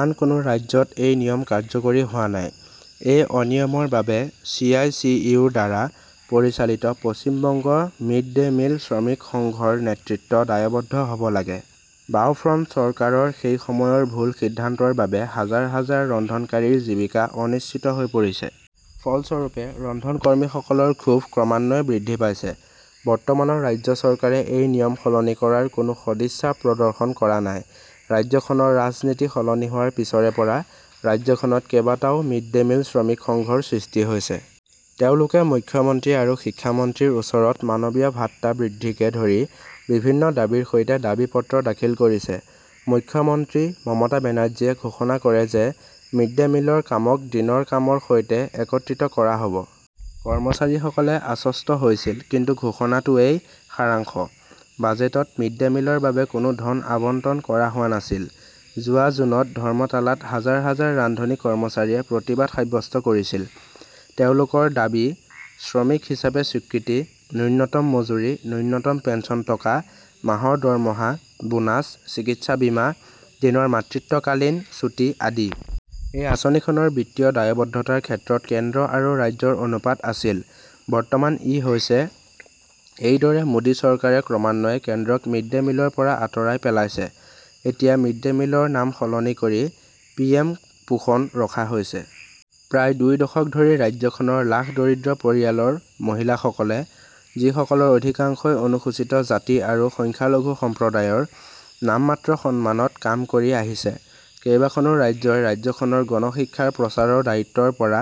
আন কোনো ৰাজ্যত এই নিয়ম কাৰ্যকৰী হোৱা নাই। এই অনিয়মৰ বাবে চি. আই. টি. ইউ. -ৰ দ্বাৰা পৰিচালিত 'পশ্চিম বংগ মিড-ডে মিল শ্ৰমিক সংঘ "-ৰ নেতৃত্ব দায়বদ্ধ হ" ব লাগে। বাওঁ ফ্ৰণ্ট চৰকাৰৰ সেই সময়ৰ ভুল সিদ্ধান্তৰ বাবে হাজাৰ হাজাৰ ৰন্ধনকাৰীৰ জীৱিকা অনিশ্চিত হৈ পৰিছে। ফলস্বৰূপে, ৰন্ধন কৰ্মীসকলৰ ক্ষোভ ক্ৰমান্বয়ে বৃদ্ধি পাইছে। বৰ্তমানৰ ৰাজ্য চৰকাৰে এই নিয়ম সলনি কৰাৰ কোনো সদিচ্ছা প্ৰদৰ্শন কৰা নাই। ৰাজ্যখনৰ ৰাজনীতি সলনি হোৱাৰ পিছৰে পৰা ৰাজ্যখনত কেইবাটাও মিড-ডে মিল শ্ৰমিক সংঘৰ সৃষ্টি হৈছে। তেওঁলোকে মুখ্যমন্ত্ৰী আৰু শিক্ষা মন্ত্ৰীৰ ওচৰত মানৱীয় ভাত্তা বৃদ্ধিকে ধৰি বিভিন্ন দাবীৰ সৈতে দাবী পত্ৰ দাখিল কৰিছে। মুখ্যমন্ত্ৰী মমতা বেনাৰ্জীয়ে ঘোষণা কৰে যে মিড-ডে মিলৰ কামক দিনৰ কামৰ সৈতে একত্ৰিত কৰা হ 'ব। কৰ্মচাৰীসকলে আশ্বস্ত হৈছিল। কিন্তু ঘোষণাটোৱেই সাৰাংশ। বাজেটত মিড-ডে মিলৰ বাবে কোনো ধন আবণ্টন কৰা হোৱা নাছিল। যোৱা জুনত ধৰ্মতালাত হাজাৰ হাজাৰ ৰান্ধনী কৰ্মচাৰীয়ে প্ৰতিবাদ সাব্যস্ত কৰিছিল। তেওঁলোকৰ দাবী- শ্ৰমিক হিচাপে স্বীকৃতি, ন্যূনতম মজুৰি, ন্যূনতম পেন্সন টকা, মাহৰ দৰমহা, বোনাছ, চিকিৎসা বীমা, দিনৰ মাতৃত্বকালীন ছুটী আদি। এই আঁচনিখনৰ বিত্তীয় দায়বদ্ধতাৰ ক্ষেত্ৰত কেন্দ্ৰ আৰু ৰাজ্যৰ অনুপাত আছিল। বৰ্তমান ই হৈছে। এইদৰে মোদী চৰকাৰে ক্ৰমান্বয়ে কেন্দ্ৰক মিড-ডে মিলৰ পৰা আঁতৰাই পেলাইছে। এতিয়া মিড-ডে মিলৰ নাম সলনি কৰি পি এম পোষণ ৰখা হৈছে। প্ৰায় দুই দশক ধৰি ৰাজ্যখনৰ লাখ দৰিদ্ৰ পৰিয়ালৰ মহিলাসকলে, যিসকলৰ অধিকাংশই অনুসূচীত জাতি আৰু সংখ্যালঘু সম্প্ৰদায়ৰ, নামমাত্ৰ সন্মানত কাম কৰি আহিছে। কেইবাখনো ৰাজ্যই ৰাজ্যখনৰ গণ শিক্ষাৰ প্ৰচাৰৰ দায়িত্বৰ পৰা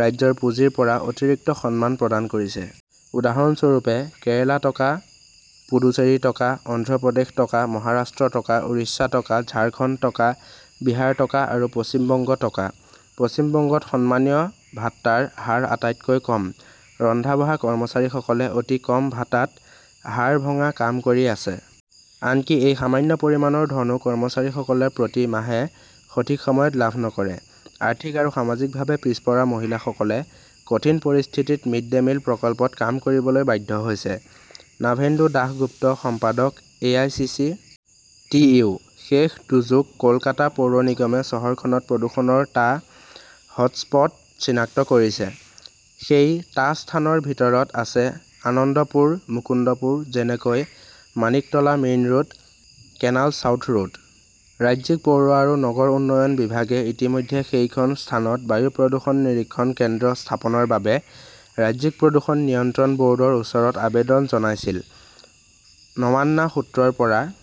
ৰাজ্যৰ পুঁজিৰ পৰা অতিৰিক্ত সন্মান প্ৰদান কৰিছে। উদাহৰণস্বৰূপে, কেৰালা টকা, পুডুচেৰী টকা, অন্ধ্ৰ প্ৰদেশ টকা, মহাৰাষ্ট্ৰ টকা, উৰিষ্যা টকা, ঝাৰখণ্ড টকা, বিহাৰ টকা আৰু পশ্চিম বংগ টকা। পশ্চিম বংগত সন্মানীয় ভাত্তাৰ হাৰ আটাইতকৈ কম। ৰন্ধা-বঢ়া কৰ্মচাৰীসকলে অতি কম ভাতাত হাড় ভঙা কাম কৰি আছে। আনকি এই সামান্য পৰিমাণৰ ধনও কৰ্মচাৰীসকলে প্ৰতি মাহে সঠিক সময়ত লাভ নকৰে। আৰ্থিক আৰু সামাজিকভাৱে পিছপৰা মহিলাসকলে কঠিন পৰিস্থিতিত মিড-ডে মিল প্ৰকল্পত কাম কৰিবলৈ বাধ্য হৈছে। নাভেন্দু দাসগুপ্ত, সম্পাদক, A. I. C. C. T. U. শেষ সুযোগ কলকাতা পৌৰ নিগমে চহৰখনত প্ৰদূষণৰ টা 'হটস্পট "চিনাক্ত কৰিছে। সেই টা স্থানৰ ভিতৰত আছে আনন্দপুৰ, মুকুন্দপুৰ, যেনেকৈ Maniktala main road, canal south road. ৰাজ্যিক পৌৰ আৰু নগৰ উন্নয়ন বিভাগে ইতিমধ্যে সেই খন স্থানত 'বায়ু প্ৰদূষণ নিৰীক্ষণ কেন্দ্ৰ "স্থাপনৰ বাবে ৰাজ্যিক প্ৰদূষণ নিয়ন্ত্ৰণ ব" ৰ্ডৰ ওচৰত আবেদন জনাইছিল। নৱান্না সূত্ৰৰ পৰা